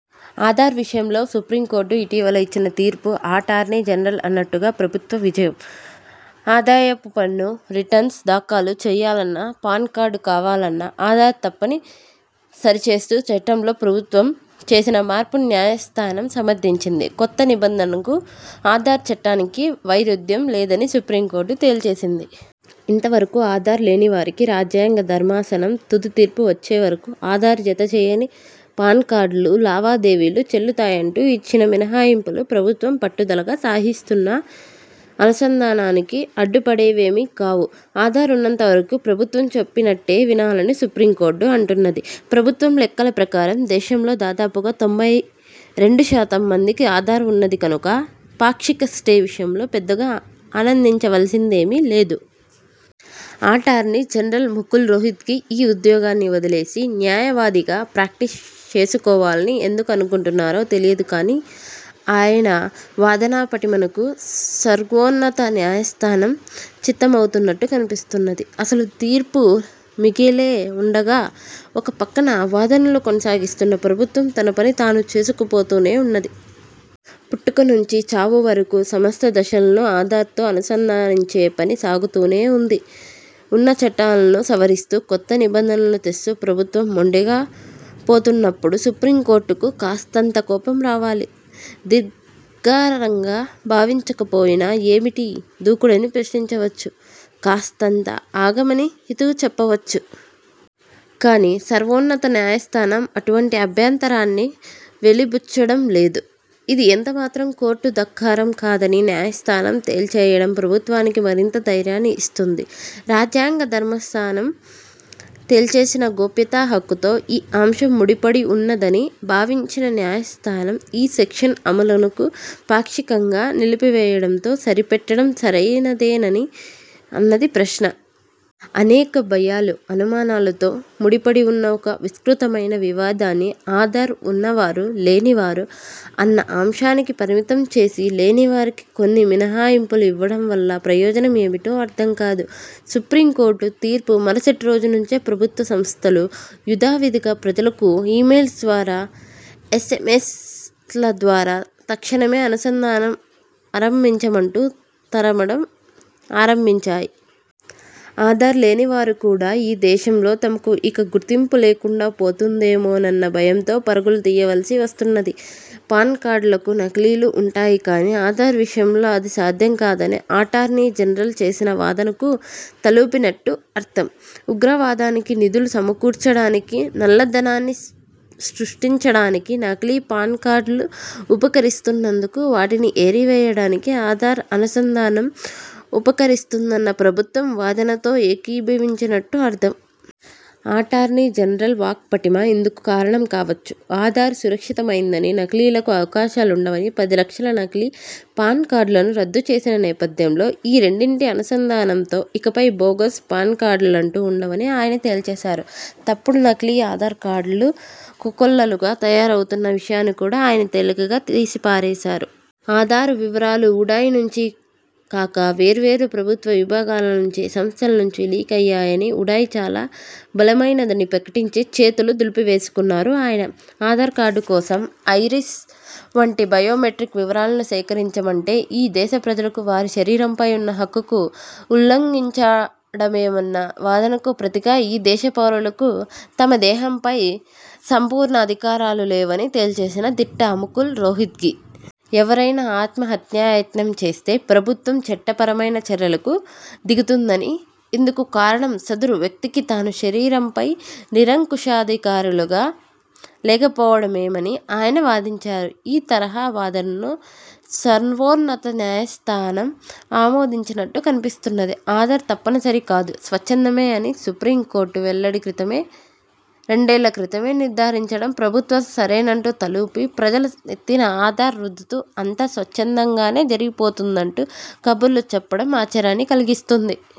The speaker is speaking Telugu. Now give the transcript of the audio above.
ఆధార్ విషయంలో సుప్రీంకోర్టు ఇటీవల ఇచ్చిన తీర్పు అటార్నీ జనరల్ అన్నట్టుగా ప్రభుత్వ విజయం. ఆదాయపుపన్ను రిటర్న్స్ దాఖలు చేయాలన్నా, పాన్కార్డు కావాలన్నా ఆధార్ తప్పని సరిచేస్తూ చట్టంలో ప్రభుత్వం చేసిన మార్పును న్యాయస్థానం సమర్థించింది. కొత్త నిబంధనకు, ఆధార్ చట్టానికీ వైరుధ్యం లేదని సుప్రీంకోర్టు తేల్చేసింది. ఇంతవరకూ ఆధార్ లేనివారికీ, రాజ్యాంగ ధర్మాసనం తుది తీర్పు వచ్చేవరకూ ఆధార్ జతచేయని పాన్కార్డులు, లావాదేవీలు చెల్లుతాయంటూ ఇచ్చిన మినహాయింపులూ ప్రభుత్వం పట్టుదలగా సాగిస్తున్న అనుసంధానానికి అడ్డుపడేవేమీ కావు. ఆధార్ ఉన్నవారంతా ప్రభుత్వం చెప్పినట్టే వినాలని సుప్రీంకోర్టు అంటున్నది. ప్రభుత్వ లెక్కల ప్రకారం దేశంలో దాదాపుగా తొంభై రెండుశాతం మందికి ఆధార్ ఉన్నది కనుక, 'పాక్షిక స్టే' విషయంలో పెద్దగా ఆనందించవలసిందేమీ లేదు. అటార్నీ జనరల్ ముకుల్ రోహిత్గీ ఈ ఉద్యోగాన్ని వదిలేసి, న్యాయవాదిగా ప్రాక్టీస్ చేసుకోవాలని ఎందుకు అనుకుంటున్నారో తెలియదు కానీ, ఆయన వాదనాపటిమకు సర్వోన్నత న్యాయస్థానం చిత్తవుతున్నట్టు కనిపిస్తున్నది. అసలు తీర్పు మిగిలే ఉండగా, ఒక పక్కన వాదనలు కొనసాగుతున్నా ప్రభుత్వం తన పని తాను చేసుకుపోతూనే ఉన్నది. పుట్టుక నుంచి చావు వరకూ సమస్త దశలనూ ఆధార్తో అనుసంధానించే పని సాగుతూనే ఉన్నది. ఉన్న చట్టాలను సవరిస్తూ, కొత్త నిబంధనలు తెస్తూ ప్రభుత్వం మొండిగా పోతున్నప్పుడు సుప్రీంకోర్టుకు కాస్తంత కోపం రావాలి. ధిక్కారంగా భావించకపోయినా, ఏమిటీ దూకుడని ప్రశ్నించవచ్చు. కాస్తంత ఆగమని హితవు చెప్పవచ్చు. కానీ, సర్వోన్నత న్యాయస్థానం అటువంటి అభ్యంతరాన్ని వెలిబుచ్చడం లేదు. ఇది ఎంతమాత్రం కోర్టు ధిక్కారం కాదని న్యాయస్థానం తేల్చేయడం ప్రభుత్వానికి మరింత ధైర్యాన్ని ఇస్తుంది. రాజ్యాంగ ధర్మాసనం తేల్చాల్సిన గోప్యత హక్కుతో ఈ అంశం ముడిపడివున్నదని భావించిన న్యాయస్థానం ఈ సెక్షన్ అమలును పాక్షికంగా నిలిపివేయడంతో సరిపెట్టడం సరైనదేనా అన్నది ప్రశ్న. అనేక భయాలు, అనుమానాలతో ముడిపడివున్న ఒక విస్తృతమైన వివాదాన్ని ఆధార్ ఉన్నవారూ లేనివారూ అన్న అంశానికి పరిమితం చేసి, లేనివారికి కొన్ని మినహాయింపులు ఇవ్వడం వల్ల ప్రయోజనం ఏమిటో అర్థంకాదు. సుప్రీంకోర్టు తీర్పు మరుసటి రోజు నుంచే ప్రభుత్వ సంస్థలు యథావిథిగా ప్రజలను ఈమెయిల్స్ ద్వారా, ఎస్ఎంఎస్ల ద్వారా తక్షణమే అనుసంధానం ఆరంభించమంటూ తరమడం ఆరంభించాయి. ఆధార్లేనివారు కూడా ఈ దేశంలో తమకు ఇక గుర్తింపులేకుండా పోతుందేమోనన్న భయంతో పరుగులు తీయవలసి వస్తున్నది. పాన్కార్డులకు నకిలీలు ఉంటాయి కానీ, ఆధార్ విషయంలో అది సాధ్యం కాదని అటార్నీ జనరల్ చేసిన వాదనకు తలూపినట్టు అర్థం. ఉగ్రవాదానికి నిధులు సమకూర్చడానికీ, నల్లధనాన్ని సృష్టించడానికీ నకిలీ పాన్కార్డులు ఉపకరిస్తున్నందున వాటిని ఏరివేయడానికి ఆధార్ అనుసంధానం ఉపకరిస్తుందన్న ప్రభుత్వ వాదనతో ఏకీభవించినట్టు అర్థం. అటార్నీ జనరల్ వాక్పటిమ ఇందుకు కారణం కావచ్చు. ఆధార్ సురక్షితమైనదనీ, నకిలీలకు అవకాశాలుండవనీ, పది లక్షల నకిలీ పాన్కార్డులను రద్దుచేసిన నేపథ్యంలో ఈ రెండింటి అనుసంధానంతో ఇకపై బోగస్ పాన్కార్డులంటూ ఉండవని ఆయన తేల్చేశారు. తప్పుడు, నకిలీ ఆధార్ కార్డులు కోకొల్లలుగా తయారవుతున్న విషయాన్ని కూడా ఆయన తేలికగా తీసిపారేశారు. ఆధార్ వివరాలు ఉడాయ్ నుంచి కాక వేర్వేరు ప్రభుత్వ విభాగాల నుంచి, సంస్థల నుంచి లీకయ్యాయనీ, ఉడాయ్ చాలా బలమైనదని ప్రకటించి చేతులు దులిపేసుకున్నారు ఆయన. ఆధార్ కార్డుకోసం ఐరిస్ వంటి బయోమెట్రిక్ వివరాలను సేకరించడమంటే ఈ దేశప్రజలకు వారి శరీరంపై ఉన్న హక్కును ఉల్లంఘించడమేనన్న వాదనకు ప్రతిగా ఈ దేశ పౌరులకు తమ దేహంపై సంపూర్ణాధికారాలు లేవని తేల్చేసిన దిట్ట ముకుల్ రోహిత్గీ. ఎవరైనా ఆత్మహత్యాయత్నం చేస్తే ప్రభుత్వం చట్టపరమైన చర్యలకు దిగుతుందనీ, ఇందుకు కారణం సదరు వ్యక్తికి తన శరీరంపై నిరంకుశాధికారాలు లేకపోవడమేనని ఆయన వాదించారు. ఈ తరహా వాదనను సర్వోన్నత న్యాయస్థానం ఆమోదించినట్టు కనిపిస్తున్నది. ఆధార్ తప్పనిసరి కాదు, స్వచ్ఛందమే అని సుప్రీంకోర్టు రెండేళ్ళ క్రితమే నిర్థారించడం, ప్రభుత్వం సరేనంటూ తలూపి, ప్రజల నెత్తిన ఆధార్ రుద్దుతూ అంతా స్వచ్ఛందంగానే జరిగిపోతోందంటూ కబుర్లు చెప్పడం ఆశ్చర్యాన్ని కలిగిస్తుంది.